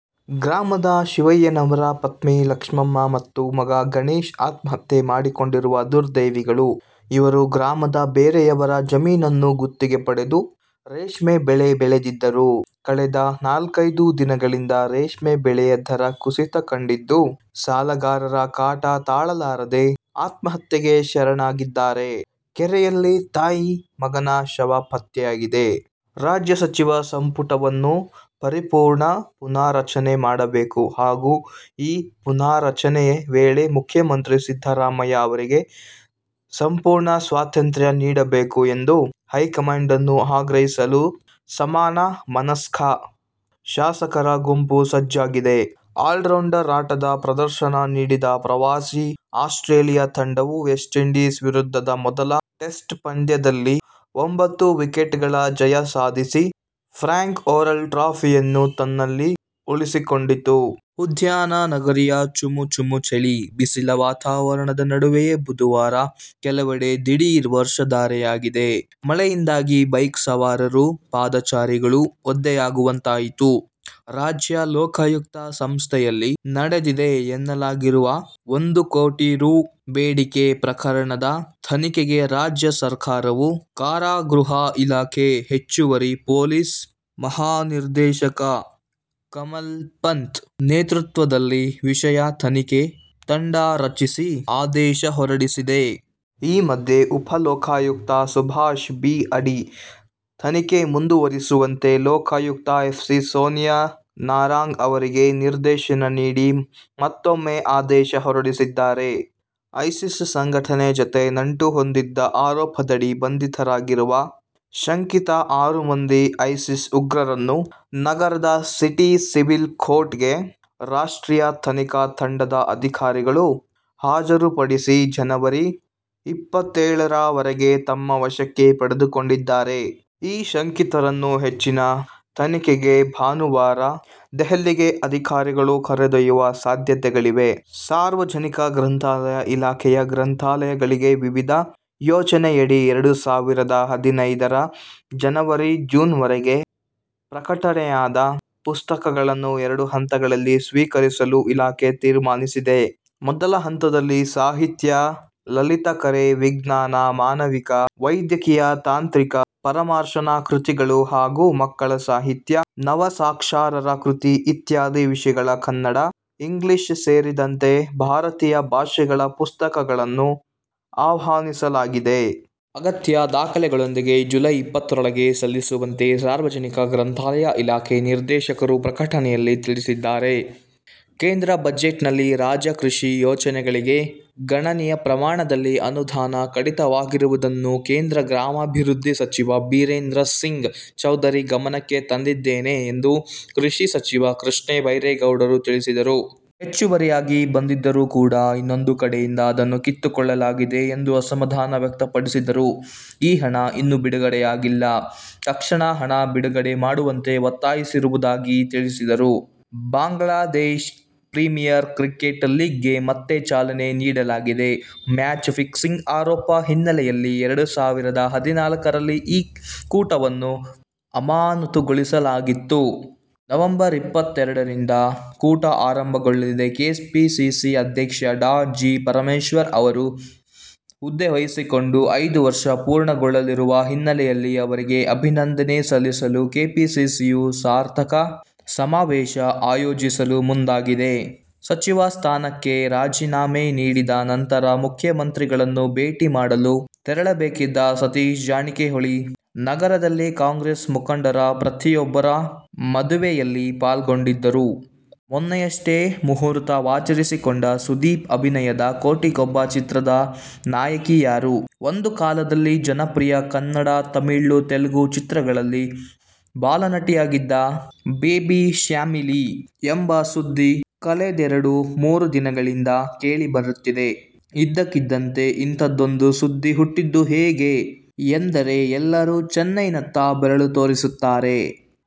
ಗ್ರಾಮದ ಶಿವಯ್ಯನವರ ಪತ್ನಿ ಲಕ್ಷ್ಮಮ್ಮ ಮತ್ತು ಮಗ ಗಣೇಶ ಆತ್ಮಹತ್ಯೆ ಮಾಡಿಕೊಂಡಿರುವ ದುರ್ದೈವಿಗಳು. ಇವರು ಗ್ರಾಮದ ಬೇರೆಯವರ ಜಮೀನನ್ನು ಗುತ್ತಿಗೆ ಪಡೆದು ರೇಷ್ಮೆ ಬೆಳೆ ಬೆಳೆದಿದ್ದರು. ಕಳೆದ ನಾಲ್ಕೈದು ದಿನಗಳಿಂದ ರೇಷ್ಮೆ ಬೆಳೆ ದರ ಕುಸಿತ ಕಂಡಿದ್ದು, ಸಾಲಗಾರರ ಕಾಟ ತಾಳಲಾರದೆ ಆತ್ಮಹತ್ಯೆಗೆ ಶರಣಾಗಿದ್ದಾರೆ. ಕೆರೆಯಲ್ಲಿ ತಾಯಿ, ಮಗನ ಶವ ಪತ್ತೆಯಾಗಿದೆ. ರಾಜ್ಯ ಸಚಿವ ಸಂಪು ಟವನ್ನು ಪರಿಪೂರ್ಣ ಪುನಾರಚನೆ ಮಾಡಬೇಕು ಹಾಗೂ ಈ ಪುನಾರಚನೆ ವೇಳೆ ಮುಖ್ಯ ಮಂತ್ರಿ ಸಿದ್ದರಾಮಯ್ಯ ಅವರಿಗೆ ಸಂಪೂರ್ಣ ಸ್ವಾತಂತ್ರ್ಯ ನೀಡಬೇಕು ಎಂದು ಹೈಕಮಾಂಡನ್ನು ಆಗ್ರಹಿಸಲು ಸಮಾನ ಮನಸ್ಕ ಶಾಸಕರ ಗುಂಪು ಸಜ್ಜಾಗಿದೆ. ಆಲ್ರೌಂಡ್ ಆಟದ ಪ್ರದರ್ಶನ ನೀಡಿದ ಪ್ರವಾಸಿ ಆಸ್ಟ್ರೇಲಿಯ ತಂಡವು ವೆಸ್ಟ್ಇಂಡೀಸ್ ವಿರುದ್ಧದ ಮೊದಲ ಟೆಸ್ಟ್ ಪಂದ್ಯದಲ್ಲಿ ಒಂಬತ್ತು ವಿಕೆಟ್ಗಳ ಜಯ ಸಾಧಿಸಿ ಫ್ರ್ಯಾಂಕ್ ವೊರೆಲ್ ಟ್ರೋಫಿಯನ್ನು ತನ್ನಲ್ಲಿ ಉಳಿಸಿಕೊಂಡಿತು. ಉದ್ಯಾನನಗರಿಯ ಚುಮು, ಚುಮು ಚಳಿ, ಬಿಸಿಲ ವಾತಾವರಣದ ನಡುವೆಯೇ ಬುಧವಾರ ಕೆಲವೆಡೆ ದಿಢೀರ್ ವರ್ಷಧಾರೆಯಾಗಿದೆ. ಮಳೆಯಿಂದಾಗಿ ಬೈಕ್ ಸವಾರರು, ಪಾದಚಾರಿಗಳು ಒದ್ದೆಯಾಗುವಂತಾಯಿತು. ರಾಜ್ಯ ಲೋಕಾಯುಕ್ತ ಸಂಸ್ಥೆಯಲ್ಲಿ ನಡೆದಿದೆ ಎನ್ನಲಾಗಿ ರುವ ಒಂದು ಕೋಟಿ ರೂ. ಬೇಡಿಕೆ ಪ್ರಕರಣದ ತನಿಖೆಗೆ ರಾಜ್ಯ ಸರಕಾರವು ಕಾರಾಗೃಹ ಇಲಾಖೆ ಹೆಚ್ಚುವರಿ ಪೊಲೀಸ್ ಮಹಾ ನಿರ್ದೇಶಕ ಕಮಲ್ ಪಂತ್ ನೇತೃತ್ವದಲ್ಲಿ ವಿಶೇಷ ತನಿಖೆ ತಂಡ ರಚಿಸಿ ಆದೇಶ ಹೊರಡಿಸಿದೆ. ಈ ಮಧ್ಯೆ, ಉಪಲೋಕಾಯುಕ್ತ ಸುಭಾಷ್ ಬಿ. ಅಡಿ ತನಿಖೆ ಮುಂದುವರಿಸುವಂತೆ ಲೋಕಾಯುಕ್ತ ಎಸ್ಪಿ ಸೋನಿಯಾ ನಾರಂಗ್ ಅವರಿಗೆ ನಿರ್ದೇಶನ ನೀಡಿ ಮತ್ತೂಮ್ಮೆ ಆದೇಶ ಹೊರಡಿಸಿದ್ದಾರೆ. ಐಸಿಸ್ ಸಂಘಟನೆ ಜತೆ ನಂಟು ಹೊಂದಿದ ಆರೋಪದಡಿ ಬಂಧಿತರಾಗಿರುವ ಶಂಕಿತ ಆರು ಮಂದಿ ಐಸಿಸ್ ಉಗ್ರರನ್ನು ನಗರದ ಸಿಟಿ ಸಿವಿಲ್ ಕೋರ್ಟ್ಗೆ ರಾಷ್ಟ್ರೀಯ ತನಿಖಾ ತಂಡದ ಅಧಿಕಾರಿಗಳು ಹಾಜರುಪಡಿಸಿ, ಜನವರಿ ಇಪ್ಪತ್ತೇಳರವರೆಗೆ ತಮ್ಮ ವಶಕ್ಕೆ ಪಡೆದುಕೊಂಡಿದ್ದಾರೆ. ಈ ಶಂಕಿತರನ್ನು ಹೆಚ್ಚಿನ ತನಿಖೆಗೆ ಭಾನುವಾರ ದೆಹಲಿಗೆ ಅಧಿಕಾರಿಗಳು ಕರೆದೊಯ್ಯುವ ಸಾಧ್ಯತೆಗಳಿವೆ. ಸಾರ್ವಜನಿಕ ಗ್ರಂಥಾಲಯ ಇಲಾಖೆಯ ಗ್ರಂಥಾಲಯಗಳಿಗೆ ವಿವಿಧ ಯೋಜನೆಯಡಿ ಎರಡು ಸಾವಿರದ ಹದಿನೈದರ ಜನವರಿ-ಜೂನ್ವರೆಗೆ ಪ್ರಕಟಣೆಯಾದ ಪುಸ್ತಕಗಳನ್ನು ಎರಡು ಹಂತಗಳಲ್ಲಿ ಸ್ವೀಕರಿಸಲು ಇಲಾಖೆ ತೀರ್ಮಾನಿಸಿದೆ. ಮೊದಲ ಹಂತದಲ್ಲಿ ಸಾಹಿತ್ಯ, ಲಲಿತಕಲೆ, ವಿಜ್ಞಾನ, ಮಾನವಿಕ, ವೈದ್ಯಕೀಯ, ತಾಂತ್ರಿಕ, ಪರಾಮರ್ಶನ ಕೃತಿಗಳು ಹಾಗೂ ಮಕ್ಕಳ ಸಾಹಿತ್ಯ, ನವಸಾಕ್ಷರರ ಕೃತಿ ಇತ್ಯಾದಿ ವಿಷಯಗಳ ಕನ್ನಡ, ಇಂಗ್ಲಿಷ್ ಸೇರಿದಂತೆ ಭಾರತೀಯ ಭಾಷೆಗಳ ಪುಸ್ತಕಗಳನ್ನು ಆಹ್ವಾನಿಸಲಾಗಿದೆ. ಅಗತ್ಯ ದಾಖಲೆಗಳೊಂದಿಗೆ ಜುಲೈ ಇಪ್ಪತ್ತರೊಳಗೆ ಸಲ್ಲಿಸುವಂತೆ ಸಾರ್ವಜನಿಕ ಗ್ರಂಥಾಲಯ ಇಲಾಖೆ ನಿರ್ದೇಶಕರು ಪ್ರಕಟಣೆಯಲ್ಲಿ ತಿಳಿಸಿದ್ದಾರೆ. ಕೇಂದ್ರ ಬಜೆಟ್ನಲ್ಲಿ ರಾಜ್ಯ ಕೃಷಿ ಯೋಜನೆಗಳಿಗೆ ಗಣನೀಯ ಪ್ರಮಾಣದಲ್ಲಿ ಅನುದಾನ ಕಡಿತವಾಗಿರುವುದನ್ನು ಕೇಂದ್ರ ಗ್ರಾಮೀಣಾಭಿವೃದ್ಧಿ ಸಚಿವ ಬಿರೇಂದ್ರ ಸಿಂಗ್ ಚೌಧರಿ ಗಮನಕ್ಕೆ ತಂದಿದ್ದೇನೆ ಎಂದು ಕೃಷಿ ಸಚಿವ ಕೃಷ್ಣ ಬೈರೇಗೌಡ ತಿಳಿಸಿದರು. ಹೆಚ್ಚುವರಿಯಾಗಿ ಬಂದಿದ್ದರೂ ಕೂಡ ಇನ್ನೊಂದು ಕಡೆಯಿಂದ ಅದನ್ನು ಕಿತ್ತುಕೊಳ್ಳಲಾಗಿದೆ ಎಂದು ಅಸಮಾಧಾನ ವ್ಯಕ್ತಪಡಿಸಿದರು. ಈ ಹಣ ಇನ್ನೂ ಬಿಡುಗಡೆಯಾಗಿಲ್ಲ. ತಕ್ಷಣ ಹಣ ಬಿಡುಗಡೆ ಮಾಡುವಂತೆ ಒತ್ತಾಯಿಸಿರುವುದಾಗಿ ತಿಳಿಸಿದರು. ಬಾಂಗ್ಲಾದೇಶ ಪ್ರೀಮಿಯರ್ ಕ್ರಿಕೆಟ್ ಲೀಗ್ಗೆ ಮತ್ತೆ ಚಾಲನೆ ನೀಡಲಾಗಿದೆ. ಮ್ಯಾಚ್ ಫಿಕ್ಸಿಂಗ್ ಆರೋಪ ಹಿನ್ನೆಲೆಯಲ್ಲಿ ಎರಡು ಸಾವಿರದ ಹದಿನಾಲ್ಕರಲ್ಲಿ ಈ ಕೂಟವನ್ನು ಅಮಾನತುಗೊಳಿಸಲಾಗಿತ್ತು. ನವೆಂಬರ್ ಇಪ್ಪತ್ತೆರಡರಿಂದ ಕೂಟ ಆರಂಭಗೊಳ್ಳಲಿದೆ. ಕೆಪಿಸಿಸಿ ಅಧ್ಯಕ್ಷ ಡಾ ಜಿ. ಪರಮೇಶ್ವರ್ ಅವರು ಹುದ್ದೆ ವಹಿಸಿಕೊಂಡು ಐದು ವರ್ಷ ಪೂರ್ಣಗೊಳ್ಳಲಿರುವ ಹಿನ್ನೆಲೆಯಲ್ಲಿ ಅವರಿಗೆ ಅಭಿನಂದನೆ ಸಲ್ಲಿಸಲು ಕೆಪಿಸಿಸಿಯು ಸಾರ್ಥಕ ಸಮಾವೇಶ ಆಯೋಜಿಸಲು ಮುಂದಾಗಿದೆ. ಸಚಿವ ಸ್ಥಾನಕ್ಕೆ ರಾಜೀನಾಮೆ ನೀಡಿದ ನಂತರ ಮುಖ್ಯಮಂತ್ರಿಗಳನ್ನು ಭೇಟಿ ಮಾಡಲು ತೆರಳಬೇಕಿದ್ದ ಸತೀಶ ಜಾರಕಿಹೊಳಿ ನಗರದಲ್ಲಿ ಕಾಂಗ್ರೆಸ್ ಮುಖಂಡರ ಪತ್ರರೊಬ್ಬರ ಮದುವೆಯಲ್ಲಿ ಪಾಲ್ಗೊಂಡರು. ಮೊನ್ನೆಯಷ್ಟೇ ಮುಹೂರ್ತ ವಾಚರಿಸಿಕೊಂಡ ಸುದೀಪ್ ಅಭಿನಯದ "ಕೋಟಿಗೊಬ್ಬ' ಚಿತ್ರದ ನಾಯಕಿ ಯಾರು? ಒಂದು ಕಾಲದಲ್ಲಿ ಜನಪ್ರಿಯ ಕನ್ನಡ, ತಮಿಳು, ತೆಲುಗು ಚಿತ್ರಗಳಲ್ಲಿ ಬಾಲನಟಿಯಾಗಿದ್ದ ಬೇಬಿ ಶ್ಯಾಮಿಲಿ ಎಂಬ ಸುದ್ದಿ ಕಳೆದೆರೆಡು ಮೂರು ದಿನಗಳಿಂದ ಕೇಳಿ ಬರುತ್ತಿದೆ. ಇದಕ್ಕಿದ್ದಂತೆ ಇಂಥದ್ದೊಂದು ಸುದ್ದಿ ಹುಟ್ಟಿದ್ದು ಹೇಗೆ ಎಂದರೆ ಎಲ್ಲರೂ ಚೆನ್ನೈನತ್ತ ಬೆರಳು ತೋರಿಸುತ್ತಾರೆ.